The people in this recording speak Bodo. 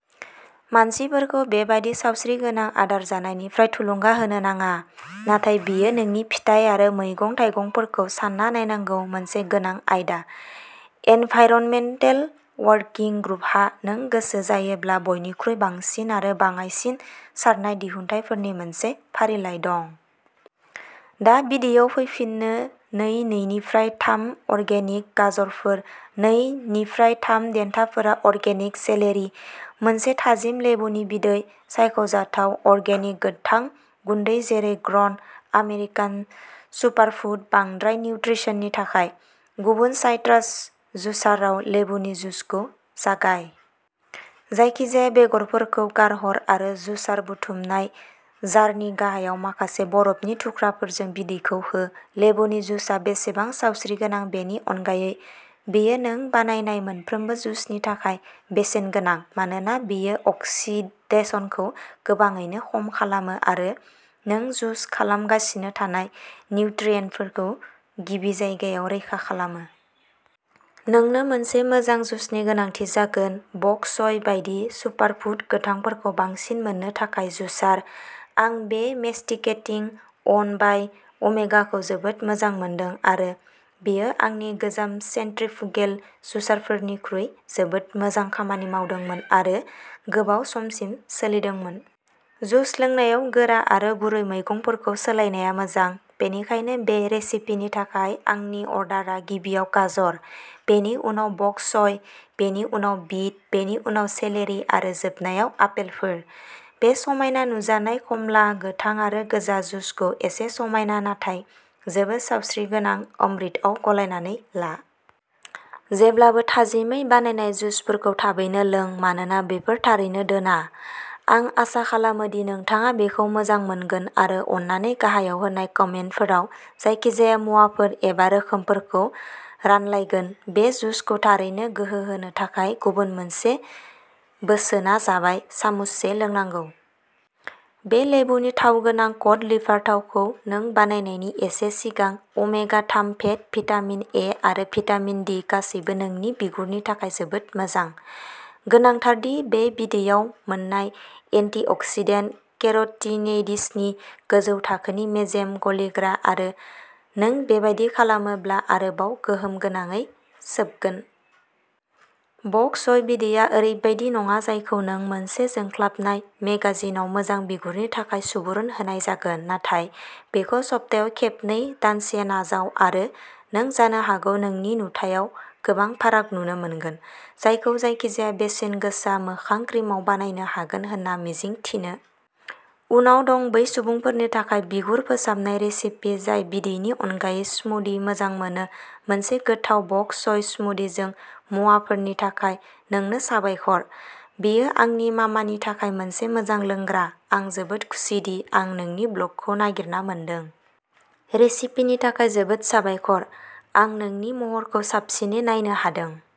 मानसिफोरखौ बेबादि सावस्रिगोनां आदार जानायनिफ्राय थुलुंगा होनो नाङा, नाथाय बेयो नोंनि फिथाइ आरो मैगं-थाइगंफोरखौ सानना नायनांगौ मोनसे गोनां आयदा। एनभाइरनमेन्टेल अवर्किं ग्रुपहा नों गोसो जायोब्ला बयनिख्रुइ बांसिन आरो बाङाइसिन सारनाय दिहुनथायफोरनि मोनसे फारिलाइ दं। दा बिदैयाव फैफिनो नै निफ्राय थाम अर्गेनिक गाजरफोर। नै निफ्राय थाम देन्थाफोरा अर्गेनिक सेलेरि। मोनसे थाजिम लेबुनि बिदै। सायख'जाथाव अर्गेनिक गोथां गुन्दै जेरै ग्र'न आमेरिकान सुपारफुड बांद्राय निउट्रिसननि थाखाय। गुबुन साइट्रास जुसाराव लेबुनि जुसजों जागाय। जायखिजाया बेगरफोरखौ गारहर आरो जुसार बुथुमनाय जारनि गाहायाव माखासे बरफनि थुख्राफोरजों बिदैखौ हो। लेबुनि जुसआ बेसेबां सावस्रिगोनां बेनि अनगायै, बेयो नों बानायनाय मोनफ्रोमबो जुसनि थाखाय बेसेनगोनां मानोना बेयो अक्सिडेसनखौ गोबाङैनो खम खालामो आरो नों जुस खालामगासिनो थानाय निउट्रियेन्टफोरखौ गिबि जायगायाव रैखा खालामो। नोंनो मोनसे मोजां जुसनि गोनांथि जागोन। बक च'य बायदि सुपारफुड गोथांफोरखौ बांसिन मोननो थाखाय जुसार। आं बे मेस्टिकेटिं अवन बाइ अमेगाखौ जोबोद मोजां मोनदों आरो बेयो आंनि गोजाम सेन्ट्रिफुगेल जुसारफोरनिख्रुइ जोबोद मोजां खामानि मावदोंमोन आरो गोबाव समसिम सोलिदोंमोन। जुस लोंनायाव गोरा आरो गुरै मैगंफोरखौ सोलायनाया मोजां, बेनिखायनो बे रेसिपिनि थाखाय आंनि अर्डारआ गिबियाव गाजर, बेनि उनाव बक च'य, बेनि उनाव बिट, बेनि उनाव सेलेरि आरो जोबनायाव आपेलफोर। बे समायना नुजानाय खमला, गोथां आरो गोजा जुसखौ एसे समायना नाथाय जोबोद सावस्रिगोनां अमृतआव गलायनानै ला। जेब्लाबो थाजिमै बानायनाय जुसफोरखौ थाबैनो लों, मानोना बेफोर थारैनो दोना। आं आसा खालामो दि नोंथाङा बेखौ मोजां मोनगोन आरो अननानै गाहायाव होनाय कमेन्टफोराव जायखिजाया मुवाफोर एबा रोखोमफोरखौ रानलायगोन। बे जुसखौ थारैनो गोहो होनो थाखाय गुबुन मोनसे बोसोना जाबाय सामुससे लोंनांगौ। बे लेबुनि थाव गोनां कड लिभार थावखौ नों बानायनायनि एसे सिगां। अमेगा-थाम फेट, भिटामिन ए आरो भिटामिन डि गासैबो नोंनि बिगुरनि थाखाय जोबोद मोजां। गोनांथार दि, बे बिदैआव मोननाय एन्टि अक्सिडेन्ट केर'टिनइड्सनि गोजौ थाखोआ मेजेम गलिग्रा आरो नों बेबादि खालामोब्ला आरोबाव गोहोम गोनाङै सोबगोन। बक च'य बिदैया ओरैबायदि नङा जायखौ नों मोनसे जोंख्लाबनाय मेगाजिनआव मोजां बिगुरनि थाखाय सुबुरुन होनाय जागोन। नाथाय बेखौ सप्तायाव खेबनै दानसे नाजाव आरो नों जानो हागौ नोंनि नुथायाव गोबां फाराग नुनो मोनगोन जायखौ जायखिजाया बेसेन गोसा मोखां क्रिमआ बानायनो हागोन होनना मिजिं थिनो -- उनाव दं बै सुबुंफोरनि थाखाय बिगुर फोसाबनाय रेसिपि जाय बिदैनि अनगायै स्मुदि मोजां मोनो मोनसे गोथाव बक च'य स्मुदिजों। मुवाफोरनि थाखाय नोंनो साबायखर, बेयो आंनि मामानि थाखाय मोनसे मोजां लोंग्रा। आं जोबोद खुसिदि आं नोंनि ब्लगखौ नागिरना मोनदों। रेसिपिनि थाखाय जोबोद साबायखर। आं नोंनि महरखौ साबसिनै नायनो हादों